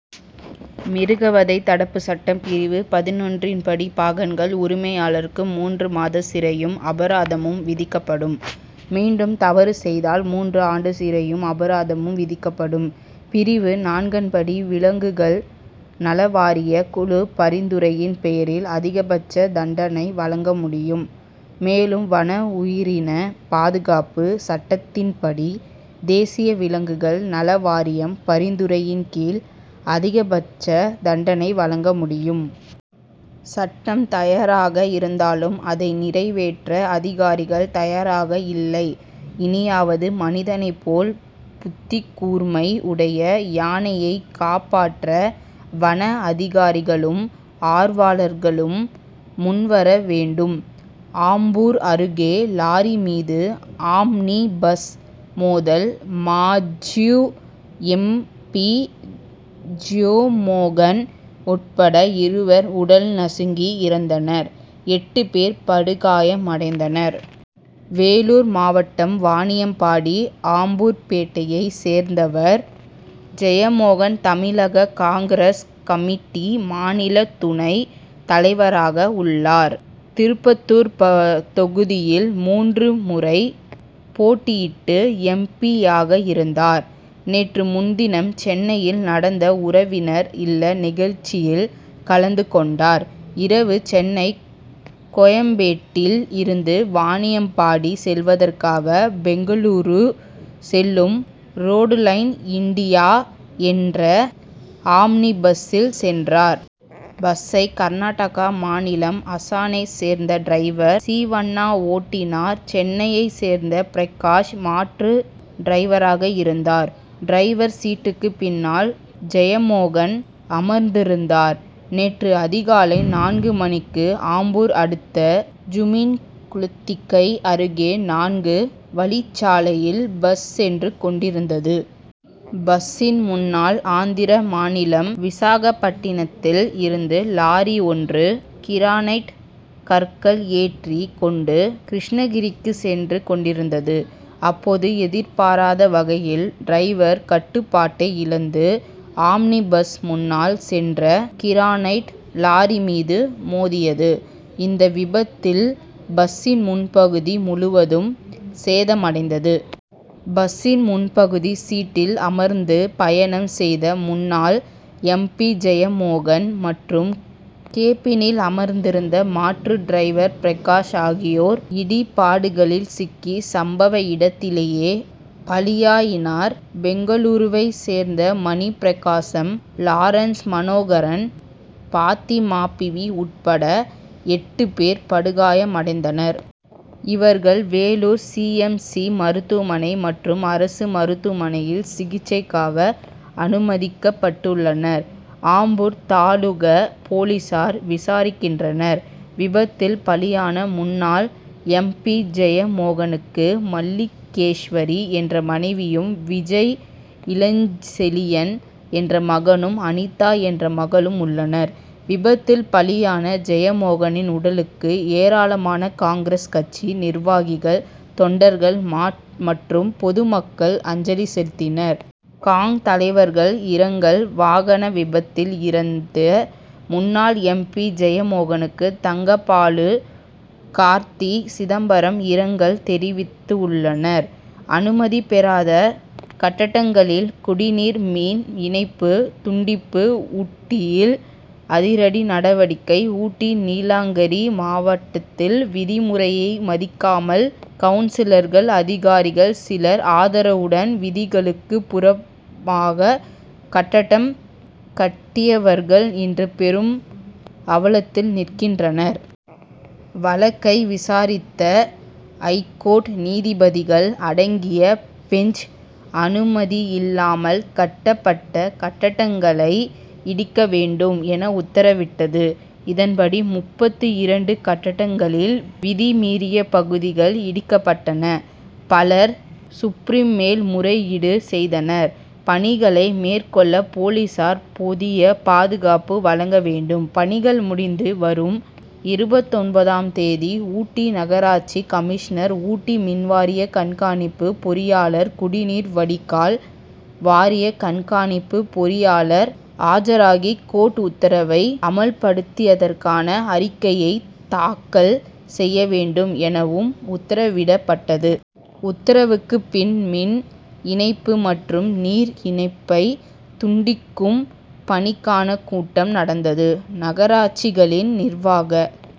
மிருகவதை தடுப்புச்சட்டம் பிரிவு பதினொன்றின் படி பாகன்கள் உரிமையாளருக்கு மூன்று மாத சிறையும் அபராதமும் விதிக்கப்படும். மீண்டும் தவறு செய்தால் மூன்று ஆண்டு சிறையும் அபராதமும் விதிக்கப்படும். பிரிவு நான்கன்படி விலங்குகள் நல வாரிய குழு பரிந்துரையின் பெயரில் அதிகபட்ச தண்டனை வழங்க முடியும். மேலும் வனஉயிரின பாதுகாப்பு சட்டத்தின்படி தேசிய விலங்குகள் நல வாரியம் பரிந்துரையின்கீழ் அதிகபட்ச தண்டனை வழங்க முடியும். சட்டம் தயாராக இருந்தாலும் அதை நிறைவேற்ற அதிகாரிகள் தயாராக இல்லை. இனியாவது மனிதனை போல் புத்திகூர்மை உடைய யானையை காப்பாற்ற வன அதிகாரிகளும் ஆர்வலர்களும் முன்வரவேண்டும். ஆம்பூர் அருகே லாரி மீது ஆம்னி பஸ் மோதல் மாஜூ எம். பி. ஜியோமோகன் உட்பட இருவர் உடல் நசுங்கி இறந்தனர் எட்டு பேர் படுகாயமடைந்தனர். வேலூர் மாவட்டம் வாணியம்பாடி ஆம்பூர்பேட்டையைச் சேர்ந்தவர் ஜெயமோகன் தமிழக காங்கிரஸ் கமிட்டி மாநில துணை தலைவராக உள்ளார். திருப்பத்தூர் தொகுதியில் மூன்று முறை போட்டியிட்டு எம். பி. யாக இருந்தார். நேற்று முன்தினம் சென்னையில் நடந்த உறவினர் இல்ல நிகழ்ச்சியில் கலந்து கொண்டார். இரவு சென்னை கோயம்பேட்டில் இருந்து வாணியம்பாடி செல்வதற்காக பெங்களூரு செல்லும் ரோடுலைன் இண்டியா என்ற ஆம்னி பஸ்சில் சென்றார். பஸ்சை கர்நாடக மாநிலம் ஹாசனைச் சேர்ந்த டிரைவர் சிவண்ணா ஓட்டினார். சென்னையைச் சேர்ந்த பிரகாஷ் மாற்று டிரைவராக இருந்தார். டிரைவர் சீட்டுக்கு பின்னால் ஜெயமோகன் அமர்ந்திருந்தார். நேற்று அதிகாலை நான்கு மணிக்கு ஆம்பூர் அடுத்த ஜூமீன் குத்திகை அருகே நான்கு வழிச்சாலையில் பஸ் சென்று கொண்டிருந்தது. பஸ்சின் முன்னால் ஆந்திர மாநிலம் விசாகப்பட்டினத்தில் இருந்து லாரி ஒன்று கிரானைட் கற்கள் ஏற்றி கொண்டு கிருஷ்ணகிரிக்கு சென்று கொண்டிருந்தது. அப்போது எதிர்பாராத வகையில் டிரைவர் கட்டுப்பாட்டை இழந்து ஆம்னி பஸ் முன்னால் சென்ற கிரானைட் லாரி மீது மோதியது. இந்த விபத்தில் பஸ்சின் முன்பகுதி முழுவதும் சேதமடைந்தது. பஸ்சின் முன்பகுதி சீட்டில் அமர்ந்து பயணம் செய்த முன்னாள் எம். பி. ஜெயமோகன் மற்றும் கேபினில் அமர்ந்திருந்த மாற்று டிரைவர் பிரகாஷ் ஆகியோர் இடிபாடுகளில் சிக்கி சம்பவ இடத்திலேயே பலியாயினர். பெங்களூருவைச் சேர்ந்த மணி பிரகாசம் லாரன்ஸ் மனோகரன் பாத்திமாபீவி உட்பட எட்டு பேர் படுகாயமடைந்தனர். இவர்கள் வேலூர் சி. எம். சி. மருத்துவமனை மற்றும் அரசு மருத்துவமனையில் சிகிச்சைக்காக அனுமதிக்கப்பட்டுள்ளனர். ஆம்பூர் தாலுகா போலீசார் விசாரிக்கின்றனர். விபத்தில் பலியான முன்னாள் எம். பி. ஜெயமோகனுக்கு மல்லிகேஸ்வரி என்ற மனைவியும் விஜய் இளஞ்செழியன் என்ற மகனும் அனிதா என்ற மகளும் உள்ளனர். விபத்தில் பலியான ஜெயமோகனின் உடலுக்கு ஏராளமான காங்கிரஸ் கட்சி நிர்வாகிகள் தொண்டர்கள் மற்றும் பொதுமக்கள் அஞ்சலி செலுத்தினர். காங். தலைவர்கள் இரங்கல் வாகன விபத்தில் இறந்த முன்னாள் எம். பி. ஜெயமோகனுக்கு தங்கபாலு கார்த்தி சிதம்பரம் இரங்கல் தெரிவித்துள்ளனர். அனுமதி பெறாத கட்டடங்களில் குடிநீர் மின் இணைப்பு துண்டிப்பு ஊட்டியில் அதிரடி நடவடிக்கை ஊட்டி நீலங்கிரி மாவட்டத்தில் விதிமுறையை மதிக்காமல் கவுன்சிலர்கள் அதிகாரிகள் சிலர் ஆதரவுடன் விதிகளுக்கு புறம்பாக கட்டடம் கட்டியவர்கள் இன்று பெரும் அவலத்தில் நிற்கின்றனர். வழக்கை விசாரித்த ஐகோர்ட் நீதிபதிகள் அடங்கிய பெஞ்ச் அனுமதியில்லாமல் கட்டப்பட்ட கட்டடங்களை இடிக்க வேண்டும் என உத்தரவிட்டது. இதன்படி முப்பத்து இரண்டு கட்டடங்களில் விதிமீறிய பகுதிகள் இடிக்கப்பட்டன. பலர் சுப்ரீம் மேல் முறையீடு செய்தனர். பணிகளை மேற்கொள்ள போலீசார் போதிய பாதுகாப்பு வழங்க வேண்டும் பணிகள் முடிந்து வரும் இருபத்தொன்பதாம் தேதி ஊட்டி நகராட்சி கமிஷனர் ஊட்டி மின்வாரிய கண்கணிப்பு பொறியாளர் குடிநீர் வடிகால் வாரிய கண்காணிப்பு பொறியாளர் ஆஜராகி கோர்ட் உத்தரவை அமல்படுத்தியதற்கான அறிக்கையை தாக்கல் செய்ய வேண்டும் எனவும் உத்தரவிடப்பட்டது. உத்தரவுக்கு பின் மின் இணைப்பு மற்றும் நீர் இணைப்பை துண்டிக்கும் பணிக்கான கூட்டம் நடந்தது. நகராட்சிகளின் நிர்வாக